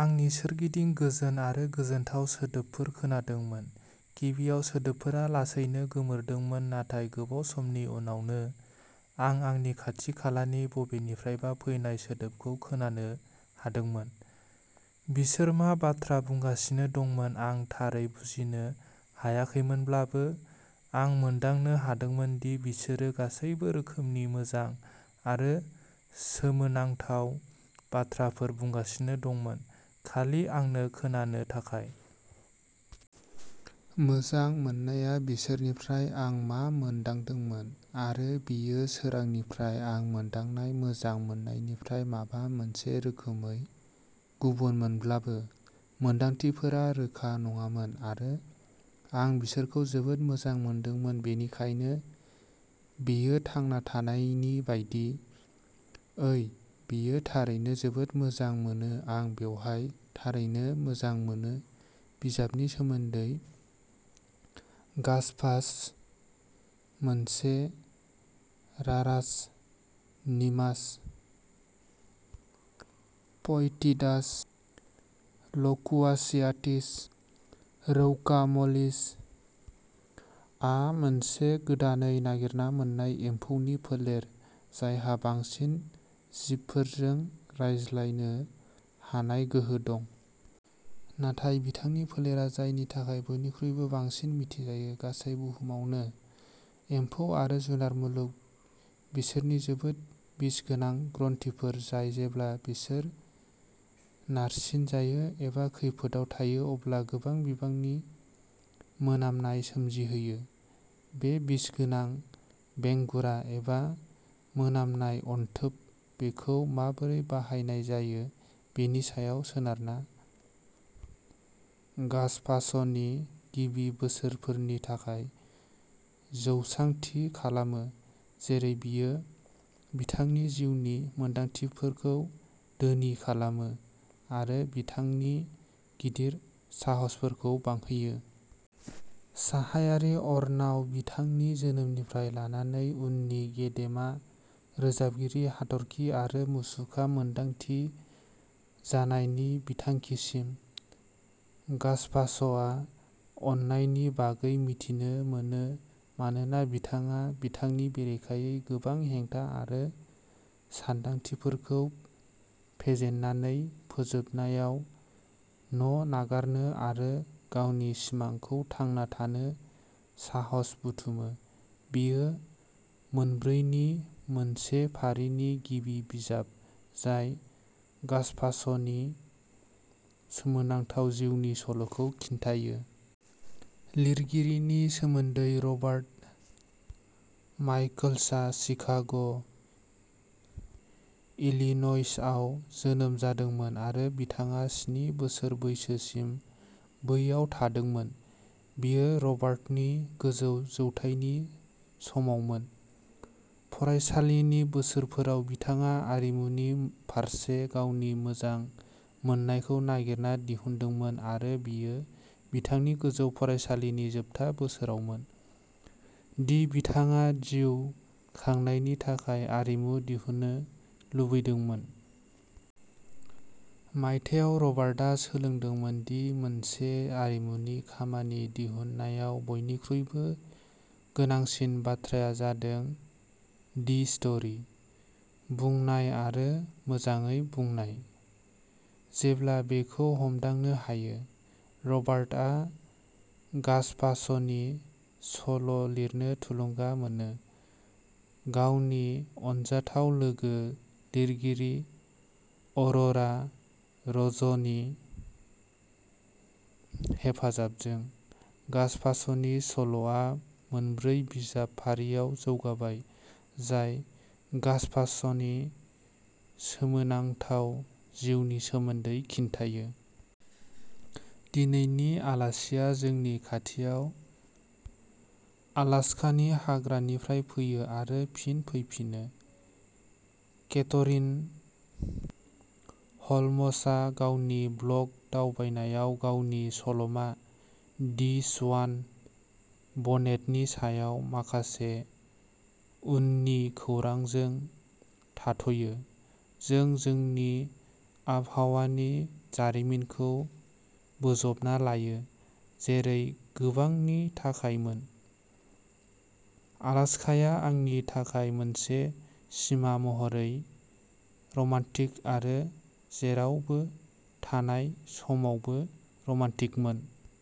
आंनि सोरगिदिं गोजोन आरो गोजोनथाव सोदोबफोर खोनादोंमोन। गिबियाव सोदोबफोरा लासैनो गोमोरदोंमोन नाथाय गोबाव समनि उनावनो, आं आंनि खाथि-खालानि बबेनिफ्रायबा फैनाय सोदोबखौ खोनानो हादोंमोन। बिसोर मा बाथ्रा बुंगासिनो दंमोन आं थारै बुजिनो हायाखैमोनब्लाबो आं मोनदांनो हादोंमोन दि बिसोरो गासैबो रोखोमनि मोजां आरो सोमोनांथाव बाथ्राफोर बुंगासिनो दंमोन, खालि आंनो खोनानो थाखाय। मोजां मोननाया बिसोरनिफ्राय आं मा मोनदांदोंमोन। आरो बेयो सोरांनिफ्राय आं मोनदांनाय मोजां मोननायनिफ्राय माबा मोनसे रोखोमै गुबुनमोनब्लाबो, मोनदांथिफोरा रोखा नङामोन आरो आं बिसोरखौ जोबोद मोजां मोनदोंमोन बेनिखायनो बेयो थांना थानायनि बायदि। ओइ, बेयो थारैनो जोबोद मोजां मोनो आं बेवहाय थारैनो मोजां मोनो बिजाबनि सोमोन्दै गाजपाच', मोनसे "रारास निमास फ'इटिडास ल'कुवासियाटिस रौका म'लिस" आ मोनसे गोदानै नागिरना मोननाय एम्फौनि फोलेर जायहा बांसिन जिबफोरजों रायज्लायनो हानाय गोहो दं। नाथाय बिथांनि फोलेरा जायनि थाखाय बयनिख्रुइबो बांसिन मिथिजायो, गासै बुहुमावनो। एम्फौ आरो जुनार मुलुग, बिसोरनि जोबोद बिसगोनां ग्रन्थिफोर जाय जेब्ला बिसोर नारसिनजायो एबा खैफोदआव थायो अब्ला गोबां बिबांनि मोनामनाय सोमजिहोयो। बे बिसगोनां "बेंगुरा" एबा मोनामनाय "अनथोब", बेखौ माबोरै बाहायनाय जायो बेनि सायाव सोनारना, गाजपाच'नि गिबि बोसोरफोरनि थाखाय जौसां थि खालामो जेरै बेयो बिथांनि जिउनि मोनदांथिफोरखौ धोनि खालामो आरो बिथांनि गिदिर साहसफोरखौ बांहोयो। साहायारि अरनाव बिथांनि जोनोमनिफ्राय लानानै उननि गेदेमा रोजाबगिरि हाथरखि आरो मुसुखा मोनदांथि जानायनि बिथांखिसिम, गाज्पाच'आ अननायनि बागै मिथिनो मोनो मानोना बिथाङा बिथांनि बेरेखायै गोबां हेंथा आरो सानदांथिफोरखौ फेजेननानै जोबनायाव न'नागारनो आरो गावनि सिमांखौ थांना थानो साहस बुथुमो बेयो मोनब्रैनि मोनसे फारिनि गिबि बिजाब जाय गाज्पाच'नि सोमोनांथाव जिउनि सल'खौ खिन्थायो! लिरगिरिनि सोमोन्दै रबार्ट माइकल्स आ शिकाग', इलिन'इसआव जोनोम जादोंमोन आरो बिथाङा स्नि बोसोर बैसोसिम बैयाव थादोंमोन। बेयो रबार्टनि गोजौ जौथायनि समावमोन। फरायसालिनि बोसोरफोराव बिथाङा आरिमुनि फारसे गावनि मोजां मोननायखौ नागिरना दिहुनदोंमोन आरो बेयो बिथांनि गोजौ फरायसालिनि जोबथा बोसोरावमोन दि बिथाङा जिउ खांनायनि थाखाय आरिमु दिहुननो लुबैदोंमोन। मायथाइयाव रबार्टआ सोलोंदोंमोन दि मोनसे आरिमुनि खामानि दिहुननायाव बयनिख्रुइबो गोनांसिन बाथ्राया जादों "दि स्टरि" बुंनाय आरो मोजाङै बुंनाय। जेब्ला बेखौ हमदांनो हायो, रबार्टआ गाजपाच'नि सल'लिरनो थुलुंगा मोनो। गावनि अनजाथाव लोगो लिरगिरि अर'रा र'जनि हेफाजाबजों, गाजपाच'नि सल'आ मोनब्रै बिजाब फारिआव जौगाबाय, जाय गाज्पाच'नि सोमोनांथाव जिउनि सोमोन्दै खिन्थायो। दिनैनि आलासिआ जोंनि खाथियाव आलास्कानि हाग्रानिफ्राय फैयो आरो फिन फैफिनो। केथरिन ह'ल्मसआ गावनि ब्लग दावबायनायाव गावनि सल'मा दि स्वान बनेटनि सायाव माखासे उननु खौरांजों थाथ'यो। जों जोंनि आबहावानि जारिमिनखौ बोजबना लायो, जेरै गोबांनि थाखायमोन, आलास्काया आंनि थाखाय मोनसे सिमा महरै रमान्टिक आरो जेरावबो थानाय समावबो रमान्टिकमोन।